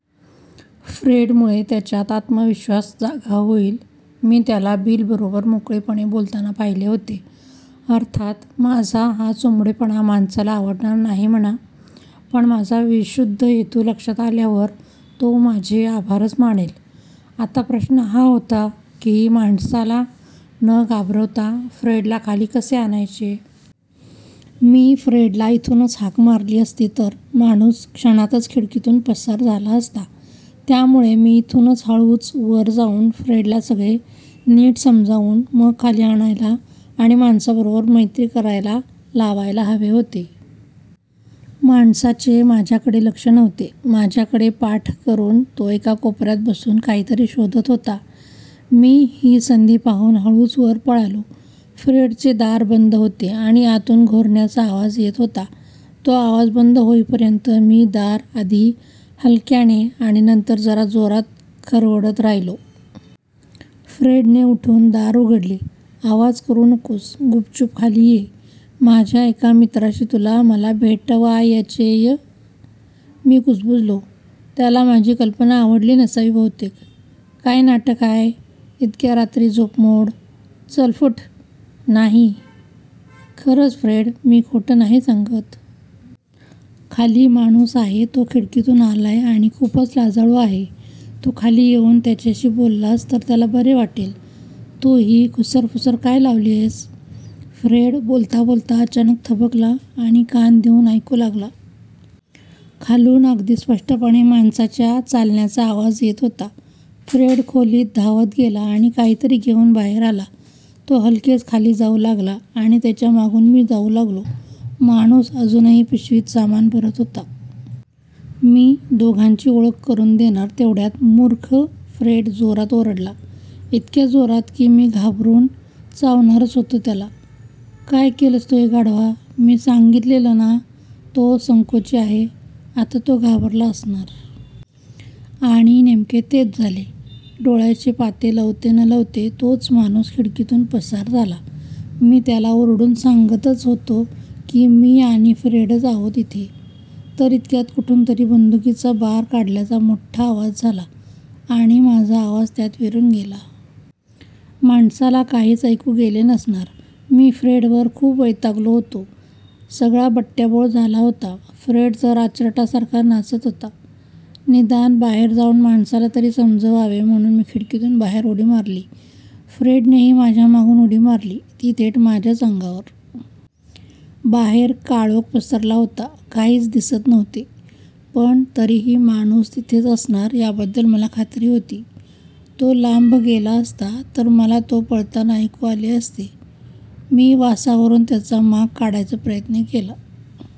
फ्रेडमुळे त्याच्यात आत्मविश्वास जागा होईल. मी त्याला बिलबरोबर मोकळेपणे बोलताना पाहिले होते. अर्थात माझा हा चोंबडेपणा माणसाला आवडणार नाही म्हणा, पण माझा विशुद्ध हेतू लक्षात आल्यावर तो माझे आभारच मानेल. आता प्रश्न हा होता की माणसाला न घाबरवता फ्रेडला खाली कसे आणायचे? मी फ्रेडला इथूनच हाक मारली असती तर माणूस क्षणातच खिडकीतून पसार झाला असता. त्यामुळे मी इथून हळूच वर जाऊन फ्रेडला सगळे नीट समजावून मग खाली आणायला आणि माणसाबरोबर मैत्री करायला लावायला हवे होते. माणसाचे माझ्याकडे लक्ष नव्हते. माझ्याकडे पाठ करून तो एका कोपऱ्यात बसून काहीतरी शोधत होता. मी ही संधी पाहून हळूच वर पळालो. फ्रेडचे दार बंद होते आणि आतून घोरण्याचा आवाज येत होता. तो आवाज बंद होईपर्यंत मी दार आधी हलक्याने आणि नंतर जरा जोरात खरवडत राहिलो. फ्रेडने उठून दार उघडले. आवाज करू नकोस, गुपचुप खाली ये. माझ्या एका मित्राशी तुला मला भेटवायचेय. मी कुजबुजलो. त्याला माझी कल्पना आवडली नसावी बहुतेक. काय नाटक हाय? इतक्या रात्री झोपमोड? चल फुट. नाही, खरंच फ्रेड, मी खोटं नाही सांगत. खाली माणूस आहे. तो खिडकीतून आलाय आणि खूपच लाजाळू आहे. तू खाली येऊन त्याच्याशी बोललास तर त्याला बरे वाटेल. तू ही खुसरपुसर काय लावलीयस? फ्रेड बोलताबोलता अचानक थबकला आणि कान देऊन ऐकू लागला. खालून अगदी स्पष्टपणे माणसाच्या चालण्याचा आवाज येत होता. फ्रेड खोलीत धावत गेला आणि काहीतरी घेऊन बाहेर आला. तो हलकेच खाली जाऊ लागला आणि त्याच्या मागून मी जाऊ लागलो. माणूस अजूनही पिशवीत सामान भरत होता. मी दोघांची ओळख करून देणार तेवढ्यात मुर्ख फ्रेड जोरात ओरडला. इतक्या जोरात की मी घाबरून चावणारच होतो त्याला. काय केलंस तू हे गाढवा? मी सांगितलेलं ना तो संकोची आहे? आता तो घाबरला असणार! आणि नेमके तेच झाले. डोळ्याचे पाते लवते न लवते तोच माणूस खिडकीतून पसार झाला. मी त्याला ओरडून सांगतच होतो की मी आणि फ्रेडच आहोत इथे, तर इतक्यात कुठूनतरी बंदुकीचा बार काढल्याचा मोठ्ठा आवाज झाला आणि माझा आवाज त्यात विरून गेला. माणसाला काहीच ऐकू गेले नसणार. मी फ्रेडवर खूप वैतागलो होतो. सगळा बट्याबोळ झाला होता. फ्रेड तर आचरटासारखा नाचत होता. निदान बाहेर जाऊन माणसाला तरी समजवावे म्हणून मी खिडकीतून बाहेर उडी मारली. फ्रेडनेही माझ्या मागून उडी मारली ती थेट माझ्याच अंगावर. बाहेर काळोख पसरला होता. काहीच दिसत नव्हते पण तरीही माणूस तिथेच असणार याबद्दल मला खात्री होती. तो लांब गेला असता तर मला तो पळताना ऐकू आले असते. मी वासावरून त्याचा माग काढायचा प्रयत्न केला.